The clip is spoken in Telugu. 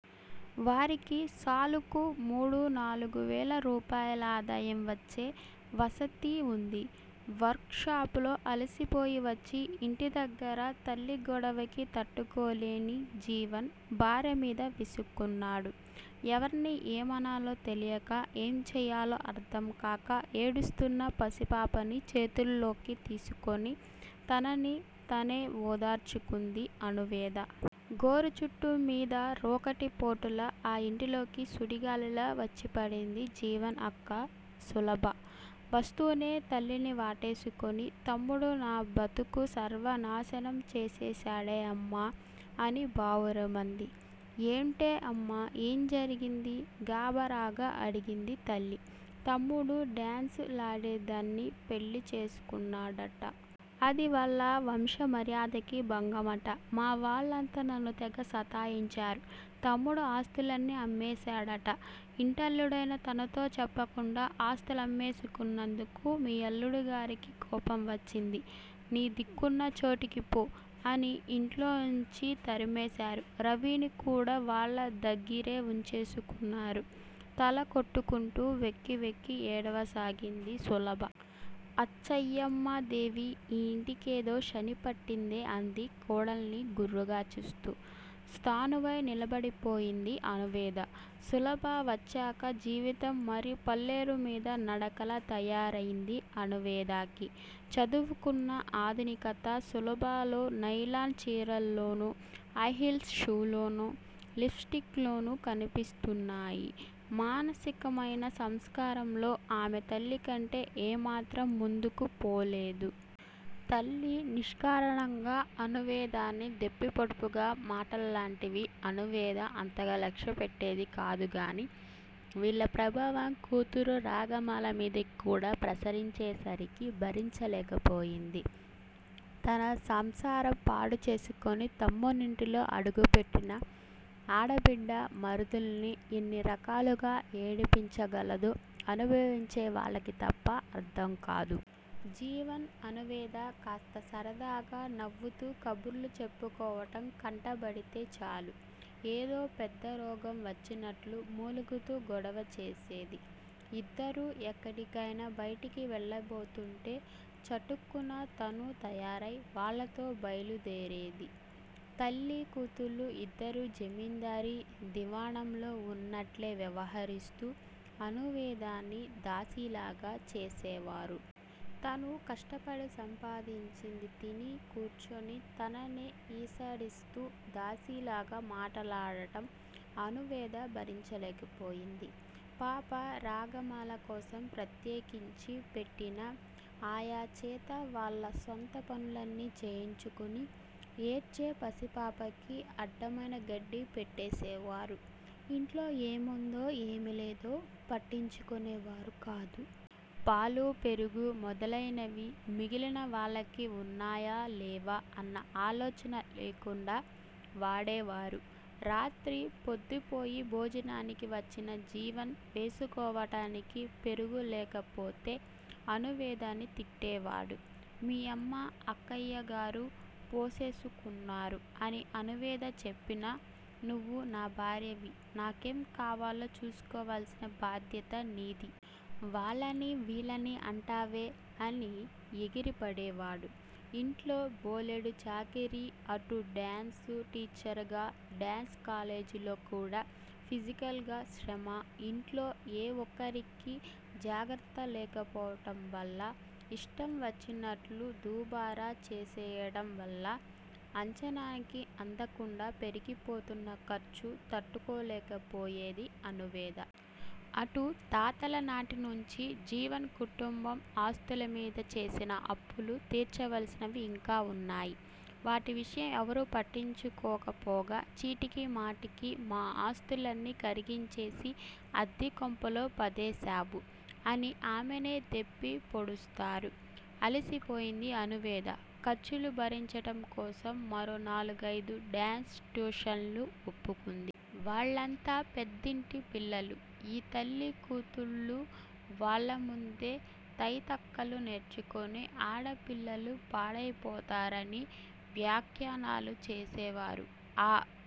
వారికి సాలుకు మూడు నాలుగువేల రూపాయలాదాయం వచ్చే వసతీ వుంది. వర్కుషాప్ లో అలసిపోయి వచ్చి ఇంటిదగ్గర తల్లి గొడవకి తట్టుకోలేని జీవన్ భార్య మీద విసుక్కున్నాడు. ఎవర్ని ఏమనాలో తెలియక, ఏం చెయ్యాలో అర్ధంకాక ఏడుస్తున్న పసిపాపని చేతుల్లోకి తీసుకోని తనని తనే ఒదార్చుకుంది అణువేద. గోరుచుట్టూ మీద రోకటి పోటులా ఆ యింట్లోకి సుడిగాలిలా వొచ్చిపడింది జీవన్ అక్క సులభ. వస్తూనే తల్లిని వాటేసుకుని తమ్ముడూ నా బతుకు సర్వనాసనం చేసేశాడే అమ్మా! అని బావురుమంది. ఏంటే అమ్మా! ఏం జరిగింది? గాభరాగా అడిగింది తల్లి. తమ్ముడు డాన్సు లాడేదాన్ని పెళ్ళి చేసుకున్నాడట. అది వాళ్ళ వంశమర్యాదకి భంగమట మా వాళ్ళంతా నన్ను తెగ సతాయించారు. తమ్ముడూ ఆస్తులన్నీ అమ్మేశాడట. ఇంటల్లుడైన తనతో చెప్పకుండా ఆస్తులమ్మేసుకున్నందుకు మీ అల్లుడిగారికి కోపం వచ్చింది. నీ దిక్కున్న చోటికి ఫో! అని యింట్లోంచి తరిమేశారు. రవిని కూడా వాళ్ళ దగ్గిరే వుంచేసుకున్నారు. తల కొట్టుకుంటూ వెక్కి వెక్కి ఏడవసాగింది సులభ. అచ్చయ్యమ్మాదేవి, ఈ యింటికేదో శని పట్టిందే అంది కోడల్ని గుర్రుగా చూస్తూ. స్థాణువై నిలబడిపోయింది అణువేద. సులభ వచ్చాక జీవితం మరి పల్లేరు మీద నడకలా తయారైంది అణువేదకి. చదువుకున్న ఆధునికత సులభలో నైలాన్ చీరల్లోను, హైహిల్స్ షూల్లోనూ, లిప్ స్టిక్ లోను కనిపిస్తున్నాయి మానసికమైన సంస్కారంలో ఆమె తల్లి కంటే ఏ మాత్రం ముందుకు పోలేదు. తల్లి నిష్కారణంగా అణువేదని దెప్పిపొడుపుగా మాటల్లాంటివి అణువేద అంతగా లక్ష్యపెట్టేది కాదు గానీ వీళ్ళ ప్రభావం కూతురు రాగమాల మీదకి కూడా ప్రసరించేసరికి భరించలేకపోయింది. తన సంసారం పాడు చేసుకుని తమ్మునింటిలో అడుగు పెట్టిన ఆడబిడ్డ మరదల్ని యెన్ని రకాలుగా ఏడిపించగలదో అనుభవించే వాళ్ళకి తప్ప అర్ధం కాదు. జీవన్, అణువేద కాస్త సరదాగా నవుతూ కబుర్లు చెప్పుకోవడం కంటబడితే చాలు ఏదో పెద్ద రోగం వచ్చినట్లు మూలుగుతూ గొడవచేసేది. ఇద్దరూ ఎక్కడికైనా బయటికి వెళ్లబోతుంటే చటుక్కున తనూ తయారై వాళ్లతో బయలుదేరేది. తల్లి కూతుళ్ళు యిద్దరూ జమిందారీ దివాణంలో వున్నట్లే వ్యవహరిస్తూ అణువేదని దాసీలాగ చేసేవారు. తను కష్టపడి సంపాదించింది తిని కూర్చుని తననే ఈసడిస్తూ దాసీలాగా మాట్లాడడం అణువేద భరించలేకపోయింది. పాప రాగమాల కోసం ప్రత్యేకించి పెట్టిన ఆయా చేత వాళ్ళ స్వంత పనులన్నీ చేయించుకుని ఏడ్చే పసిపాపకి అడ్డమైన గడ్డి పెట్టేసేవారు. ఇంట్లో ఏముందో ఏం లేదో పట్టించుకునేవారు కాదు. పాలు పెరుగు మొదలయినవి మిగిలిన వాళ్ళకి వున్నాయా లేవా అన్న ఆలోచన లేకుండా వాడేవారు. రాత్రి ప్రొద్దుపోయి భోజనానికి వచ్చిన జీవన్ వేసుకోవడానికి పెరుగు లేకపోతే అణువేదని తిట్టేవాడు. మీ అమ్మ, అక్కయ్యగారు పోసేసుకున్నారు. అని అణువేద చెప్పినా, నువ్వు నా భార్యవి. నాకేం కావాలో చూసుకోవాల్సిన బాధ్యత నీది. వాళ్ళని వీళ్ళని అంటావే? అని ఎగిరి పడేవాడు. ఇంట్లో బోలెడు చాకిరీ, అటు డాన్సు టీచరుగా డాన్సు కాలేజిలో కూడా ఫిజికల్ గా శ్రమ, యింట్లో ఏ ఒక్కరికి జాగర్త లేకపోవడం వల్ల, యిష్టం వచ్చినట్లు దుబారా చేసేయడం వల్ల, అంచనాలకి అందకుండా పెరిగిపోతున్న ఖర్చు తట్టుకోలేకపోయేది అణువేద. అటు తాతల నాటి నుంచి జీవన్ కుటుంబం ఆస్తుల మీద చేసిన అప్పులు తిర్చవలసినవి ఇంకా వున్నాయి. వాటి విషయం ఎవరూ పట్టించుకోక పోగా చీటికి మాటికి, మా ఆస్తులన్నీ కరిగించేసి అద్దె కొంపలో పదేశావు. అని ఆమెనే దెప్పి పొడుస్తారు. అలసిపోయింది అణువేద. ఖర్చులు భరించడం కోసం మరో నాలుగైదు డాన్సు ట్యుషన్లు వోప్పుకుంది. వాళ్ళంతా పెద్దింటి పిల్లలు. ఈ తల్లి కూతుళ్ళు వాళ్ళ ముందే, తైతక్కలు నేర్చుకుని ఆడపిల్లలు పాడైపోతారని వ్యాఖ్యానాలు చేసేవారు. ఆ